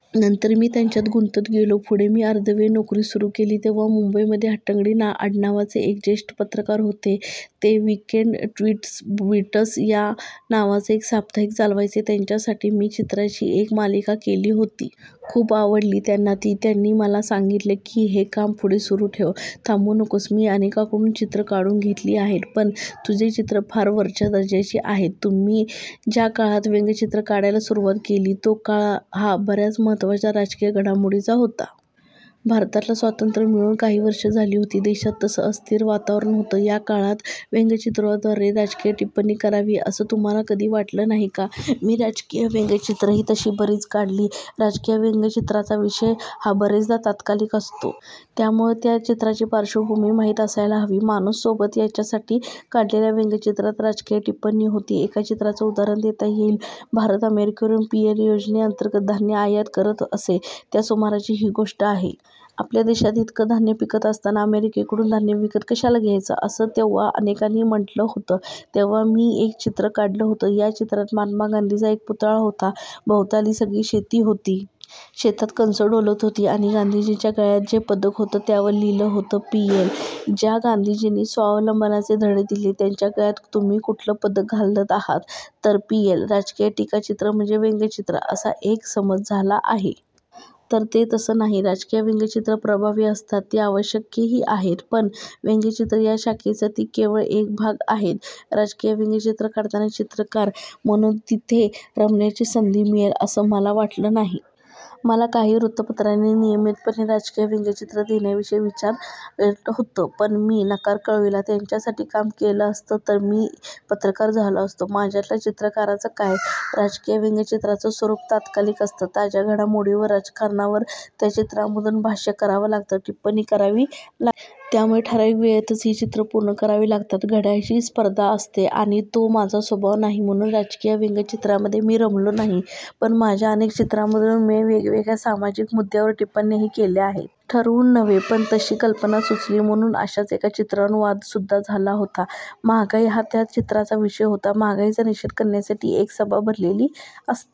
नंतर मी त्यांच्यात गुंतत गेलो. पुढे मी अर्धवेळ नोकरी सुरू केली. तेव्हा मुंबईमध्ये हट्टंगडी आडनावाचे एक ज्येष्ठ पत्रकार होते. ते 'वीकेंड टिटबिट्स' या नावाचं एक साप्ताहिक चालवायचे. त्यांच्यासाठी मी चित्रांची एक मालिका केली होती. खूप आवडली त्यांना ती. त्यांनी मला सांगितलं की, 'हे काम पुढे सुरू ठेव, थांबू नकोस. मी अनेकांकडून चित्रं काढून घेतली आहेत, पण तुझी चित्रं फार वरच्या दर्जाची आहेत'. तुम्ही ज्या काळात व्यंग्यचित्रं काढायला सुरुवात केली, तो काळ हा बर्याच महत्त्वाच्या राजकीय घडामोडींचा होता. भारताला स्वातंत्र्य मिळून काही वर्षं झाली होती. देशात तसं अस्थिर वातावरण होतं. या काळात व्यंग्यचित्रांद्वारे राजकीय टिप्पणी करावी, असं तुम्हाला कधी वाटलं नाही का? मी राजकीय व्यंग्यचित्रंही तशी बरीच काढली. राजकीय व्यंग्यचित्रांचा विषय हा बरेचदा तात्कालिक असतो. त्यामुळे त्या चित्रांची पार्श्वभूमी माहीत असायला हवी. 'माणूस', 'सोबत' यांच्यासाठी काढलेल्या व्यंग्यचित्रांत राजकीय टिप्पणी होती. एका चित्राचं उदाहरण देता येईल. भारत अमेरिकेहून पीएल योजनेअंतर्गत धान्य आयात करत असे. च्या सुमाराची ही गोष्ट आहे. आपल्या देशात इतकं धान्य पिकत असताना अमेरिकेकडून धान्य विकत कशाला घ्यायचं, असं तेव्हा अनेकांनी म्हटलं होतं. तेव्हा मी एक चित्र काढलं होतं. या चित्रात महात्मा गांधींचा एक पुतळा होता. भवताली सगळी शेती होती. शेतात कणसं डोलत होती, आणि गांधीजींच्या गळ्यात जे पदक होतं, त्यावर लिहिलं होतं पीएल. ज्या गांधीजींनी स्वावलंबनाचे धडे दिले, त्यांच्या गळ्यात तुम्ही कुठलं पदक घालता आहात? तर पीएल. राजकीय टीकाचित्र म्हणजेच व्यंग्यचित्र, असा एक समज झाला आहे. तर ते तसं नाही. राजकीय व्यंग्यचित्रं प्रभावी असतात, ती आवश्यकही आहेत, पण व्यंग्यचित्र या शाखेचा ती केवळ एक भाग आहेत. राजकीय व्यंग्यचित्रं काढताना चित्रकार म्हणून तिथे रमण्याची संधी मिळेल, असं मला वाटलं नाही. मला काही वृत्तपत्रांनी नियमितपणे राजकीय व्यंग्यचित्रं देण्याविषयी विचारलं होतं. पण मी नकार कळवला. त्यांच्यासाठी काम केलं असतं तर मी पत्रकार झालो असतो. माझ्यातल्या चित्रकाराचं काय? राजकीय व्यंग्यचित्रांचं स्वरूप तात्कालिक असतं. ताज्या घडामोडींवर, राजकारणावर त्या चित्रांमधून भाष्य करावं लागतं, टिप्पणी करावी लागते. त्यामुळे ठरावीक वेळेतच ही चित्रं पूर्ण करावी लागतात. घड्याळाशी स्पर्धा असते, आणि तो माझा स्वभाव नाही. म्हणून राजकीय व्यंग्यचित्रांमध्ये मी रमलो नाही. पण माझ्या अनेक चित्रांमधून मी वेगवेगळ्या सामाजिक मुद्द्यांवर टिप्पण्याही केल्या आहेत. ठरवून नव्हे, पण तशी कल्पना सुचली म्हणून. अशाच एका चित्रावरून वादसुद्धा झाला होता. महागाई हा त्या चित्राचा विषय होता. महागाईचा निषेध करण्यासाठी एक सभा भरलेली असते.